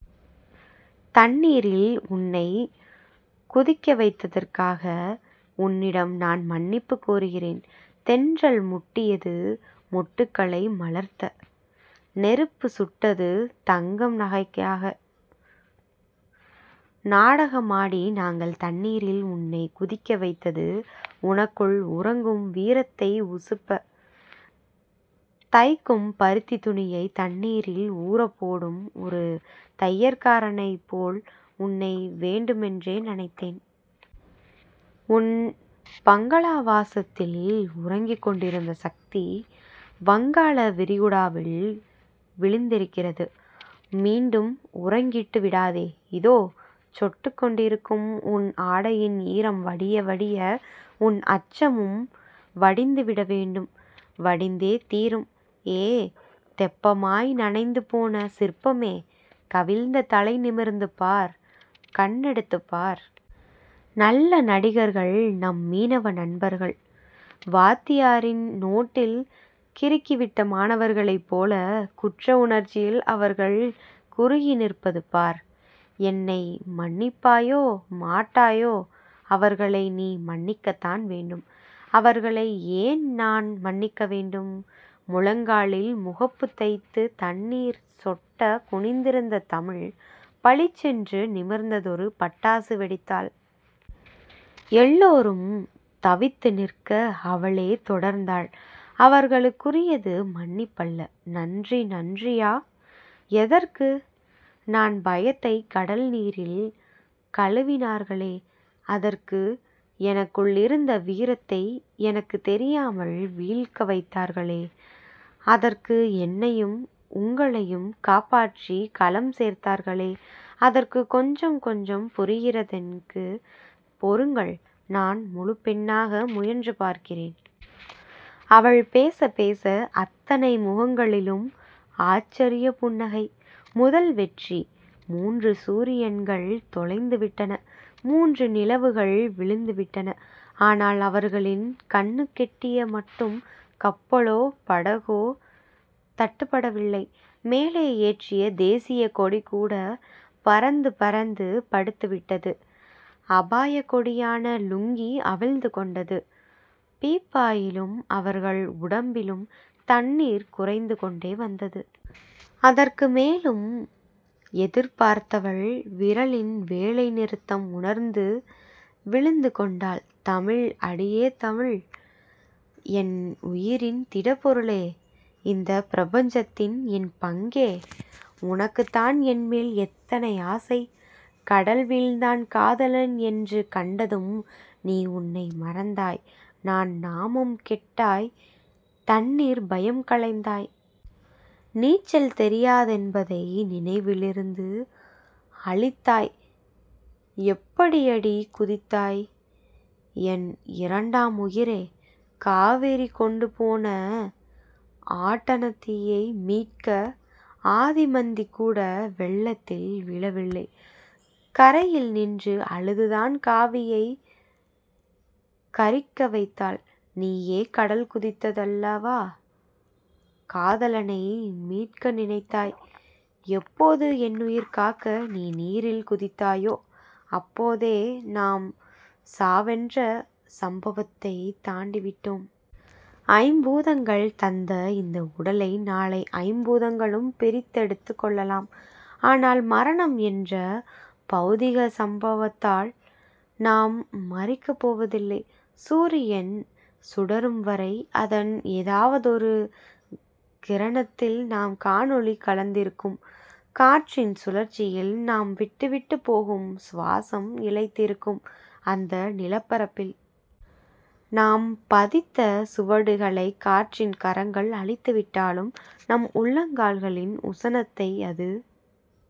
தண்ணீரில் உன்னைக் குதிக்கவைத்ததற்காக உன்னிடம் நான் மன்னிப்புக் கோருகிறேன். தென்றல் முட்டியது மொட்டுக்களை மலர்த்த. நெருப்பு சுட்டது தங்கம் நகையாக. நாடகமாடி நாங்கள் தண்ணீரில் உன்னைக் குதிக்கவைத்தது உனக்குள் உறங்கும் வீரத்தை உசுப்ப. தைக்கும் பருத்தித் துணியைத் தண்ணீரில் ஊறப் போடும் ஒரு தையற்காரனைப் போல் உன்னை வேண்டுமென்றே நனைத்தேன். உன் பங்களாவாசத்தில் உறங்கிக் கொண்டிருந்த சக்தி. வங்காளவிரிகுடாவில் விழித்திருக்கிறது. மீண்டும் உறங்கவிட்டு விடாதே. இதோ. சொட்டிக் கொண்டிருக்கும் உன் ஆடையின் ஈரம் வடிய வடிய உன் அச்சமும் வடிந்துவிட வேண்டும். வடிந்தே தீரும். ஏ தெப்பமாய் நனைந்துபோன சிற்பமே. கவிழ்ந்த தலை நிமிர்ந்து பார். கண்ணெடுத்துப் பார். நல்ல நடிகர்கள் நம் மீனவ நண்பர்கள். வாத்தியாரின் நோட்டில் கிறுக்கிவிட்ட மாணவர்களைப் போலக் குற்ற உணர்ச்சியில் அவர்கள் குறுகிநிற்பது பார். என்னை மன்னிப்பாயோ... மாட்டாயோ... அவர்களை நீ மன்னிக்கத்தான் வேண்டும். அவர்களை ஏன் நான் மன்னிக்க வேண்டும்? முழங்காலில் முகம்புதைத்துத் தண்ணீர் சொட்டக் குனிந்திருந்த தமிழ், பளிச்சென்று நிமிர்ந்தொரு பட்டாசு வெடித்தாள். எல்லோரும் தவித்துநிற்க, அவளே தொடர்ந்தாள். அவர்களுக்குரியது மன்னிப்பல்ல. நன்றி. நன்றியா? எதற்கு? நான் பயத்தைக் கடல்நீரில் கழுவினார்களே. அதற்கு. எனக்குள்ளிருந்த வீரத்தை எனக்குத் தெரியாமல் விழிக்க வைத்தார்களே. அதற்கு. என்னையும் உங்களையும் காப்பாற்றிக் கலம் சேர்த்தார்களே. அதற்கு. கொஞ்சம் கொஞ்சம் புரிகிறதெனக்கு. பொறுங்கள். நான் முழுப்பெண்ணாக முயன்று பார்க்கிறேன். அவள் பேசப் பேச, அத்தனை முகங்களிலும் ஆச்சரியப் புன்னகை. முதல் வெற்றி. முன்று சூரியன்கள் தொலைந்துவிட்டன. முன்று நிலவுகள் விழுந்துவிட்டன. ஆனால், அவர்களின் கண்ணுக்கெட்டியமட்டும் கப்பலோ படகோ தட்டுப்படவில்லை. மேலே ஏற்றிய தேசியக்கொடிகூடப் பறந்து பறந்து படுத்துவிட்டது. அபாயக்கொடியான லுங்கி அவிழ்ந்துகொண்டது. பீப்பாயிலும் அவர்கள் உடம்பிலும் தண்ணீர் குறைந்துகொண்டே வந்தது. அதற்குமேலும் எதிர்பார்த்தவள், விரலின் வேலைநிறுத்தம் உணர்ந்து விழித்துக்கொண்டாள். தமிழ். அடியே தமிழ். என் உயிரின் திடப்பொருளே. இந்தப் பிரபஞ்சத்தின் என் பங்கே. உனக்குத்தான் என்மேல் எத்தனை ஆசை. கடல் வீழ்ந்தான் காதலன் என்று கண்டதும் நீ தன்னை மறந்தாய். தன் நாமம் கெட்டாய். தண்ணீர்பயம் களைந்தாய். நீச்சல் தெரியாதென்பதை நினைவிலிருந்து அழித்தாய். எப்படியடி குதித்தாய்? என் இரண்டாம் உயிரே. காவிரி கொண்டுபோன ஆட்டனத்தியை மீட்க ஆதிமந்திகூட வெள்ளத்தில் விழவில்லை. கரையில் நின்று அழுதுதான் காவியைக் கரிக்கவைத்தாள். நீயோ கடல்குதித்தல்லவா காதலனை மீட்க நினைத்தாய். எப்போது என்னுயிர் காக்க நீ தண்ணீரில் குதித்தாயோ அப்போதே நாம் சாவென்ற சம்பவத்தைத் தாண்டிவிட்டோம். ஐம்பூதங்கள் தந்த இந்த உடலை நாளை ஐம்பூதங்களும் பிரித்தெடுத்துக் கொள்ளலாம். ஆனால், மரணம் என்ற பெளதிகச் சம்பவத்தால் நாம் மரிக்கப் போவதில்லை. சூரியன் சுடரும்வரை அதன் ஏதாவதொரு கிரணத்தில் நம் கண்ணொளி கலந்திருக்கும். காற்றின் சுழற்சியில் நாம் விட்டுவிட்டுப் போகும் சுவாசம் இழைந்திருக்கும். அந்த நிலப்பரப்பில் நாம் பதித்த சுவடுகளைக் காற்றின் கரங்கள் அழித்துவிட்டாலும், நம் உள்ளங்கால்களின் உஷணத்தை அது